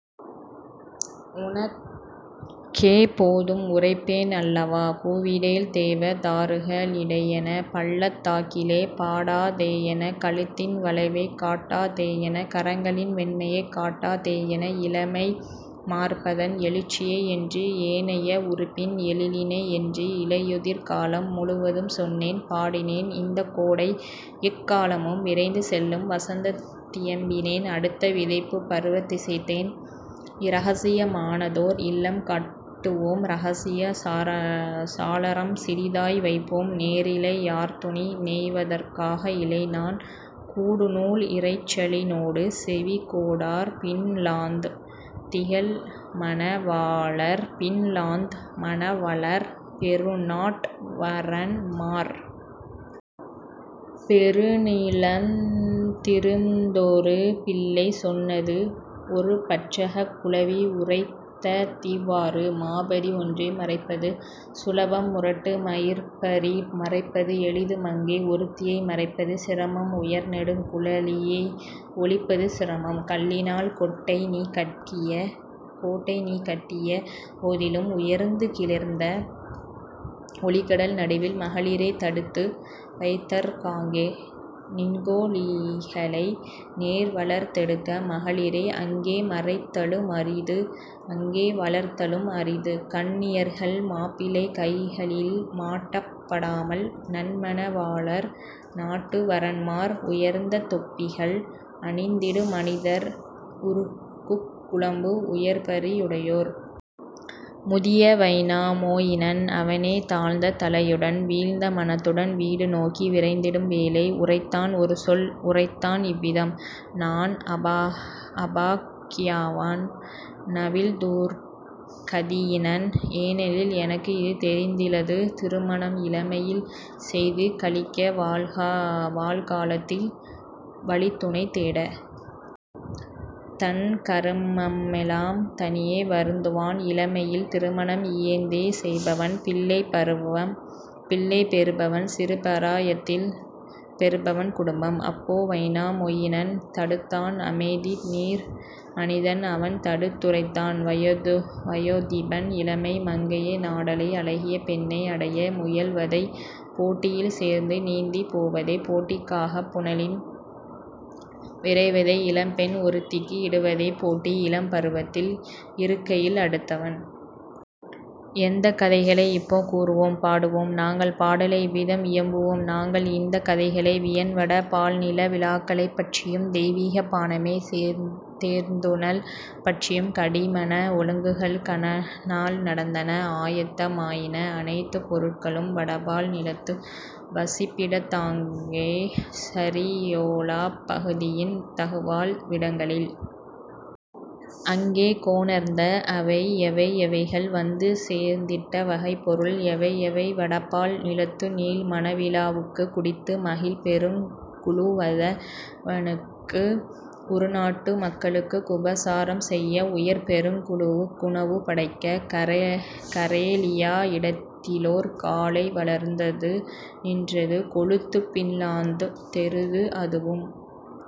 உனக்கெப் போதும் உரைப்பேன் அல்லவா,। கூவிடேல் தேவ தாருக ளிடையென, பள்ளத் தாக்கிலே பாடா தேயென, கழுத்தின் வளைவைக் காட்டா தேயென, கரங்களின் வெண்மையைக் காட்டா தேயென, இளமை மார்பதன் எழுச்சியை என்று, ஏனைய உறுப்பின் எழிலினை என்று! இலையுதிர் காலம் முழுவதும் சொன்னேன் பாடினேன் இந்தக் கோடைஎக் காலமும் விரைந்து செல்லும் வசந்தத் தியம்பினேன் அடுத்த விதைப்புப் பருவத் திசைத்தேன்: இரகசிய மானதோர் இல்லம் கட்டுவோம் இரகசியச் சாளரம் சிறிதாய் வைப்போம் நேரிழை யார்துணி நெய்வதற் காக இழைநான் கூடுநூல் இரைச்சலி னோடு, செவிகொடார் பின்லாந் திகழ்மண வாளர் பின்லாந் மணவளர், பெருநாட் வரன்மார். " பெருநிலத் திருந்தொரு பிள்ளை சொன்னது ஒருபட்சக் குழவி உரைத்ததிவ் வாறு: "மாபரி ஒன்றை மறைப்பது சுலபம் முரட்டு மயிர்ப்பரி மறைப்பது எளிது மங்கை ஒருத்தியை மறைப்பது சிரமம் உயர்நெடுங் குழலியை ஒளிப்பது சிரமம்; கல்லினால் கோட்டைநீ கட்டிய போதிலும் உயர்ந்து கிளர்ந்த ஒலிகடல் நடுவில் மகளிரைத் தடுத்து வைத்தற் காங்கே நின்கோ ழிகளை நேர்வளர்த் தெடுக்க மகளிரை அங்கே மறைத்தலு மரிது அங்கே வளர்தலும் அரிதுகன் னியர்கள் மாப்பிளை கைகளில் மாட்டப் படாமல் நன்மண வாளர், நாட்டு வரன்மார், உயர்ந்த தொப்பிகள் அணிந்திடு மனிதர் உருக்குக் குளம்பு உயர்பரி யுடையோர். " முதிய வைனா மொயினன் அவனே தாழ்ந்த தலையுடன் வீழ்ந்த மனத்துடன் வீடு நோக்கி விரைந்திடும் வேளை உரைத்தான் ஒருசொல் உரைத்தான் இவ்விதம்: "நான்அபாக் கியவான் நவில்துர்க் கதியினன் ஏனெனில் எனக்கு இதுதெரிந் திலது திருமணம் இளமையில் செய்து களிக்க வாழ்கா லத்தில் வழித்துணை தேட! தன்கரு மம்மெலாம் தனியே வருந்துவான் இளமையில் திருமணம் இயைந்தே செய்பவன் பிள்ளைப் பருவம் பிள்ளைப் பெறுபவன் சிறுபரா யத்தில் பெறுபவன் குடும்பம். " அப்போ வைனா மொயினன் தடுத்தான் அமைதிநீர் மனிதன் அவன்தடுத் துரைத்தான் வயோதிபன் இளமை மங்கையை நாடலை அழகிய பெண்ணை அடைய முயல்வதை போட்டியில் சேர்ந்து நீந்திப் போவதை போட்டிக் காகப் புனலில் விரைவதை இளம்பெண் ஒருத்திக்கு இடுவதைப் போட்டி இளம்பரு வத்தில் இருக்கையில் அடுத்தவன். எந்தக் கதைகளை இப்போ கூறுவோம்? பாடுவோம் நாங்கள் பாடலை இவ்விதம் இயம்புவோம் நாங்கள் இந்தக் கதைகளை: வியன்வட பால்நில விழாக்களைப் பற்றியும் தெய்வீகப் பானமே தேர்ந்துணல் பற்றியும். கடிமண ஒழுங்குகள் கனநாள் நடந்தன ஆயத்த மாயின அனைத்துப் பொருட்களும் வடபால் நிலத்து வசிப்பிடத் தாங்கே சரியோலாப் பகுதியின் தகுவாழ் விடங்களில். அங்கே கொணர்ந்த அவைஎவை எவைகள் வந்து சேர்ந்திட்ட வகைப்பொருள் எவைஎவை வடபால் நிலத்துநீள் மணவிழா வுக்கு குடித்து மகிழ்பெருங் குழுவத னுக்கு உறுநாட்டு மக்களுக் குபசாரம் செய்ய உயர்பெருங் குழுவுக் குணவு படைக்க. கரேலியா இடத்திலோர் காளை வளர்ந்தது நின்றது கொழுத்துப் பின்லாந் தெருது அதுவும்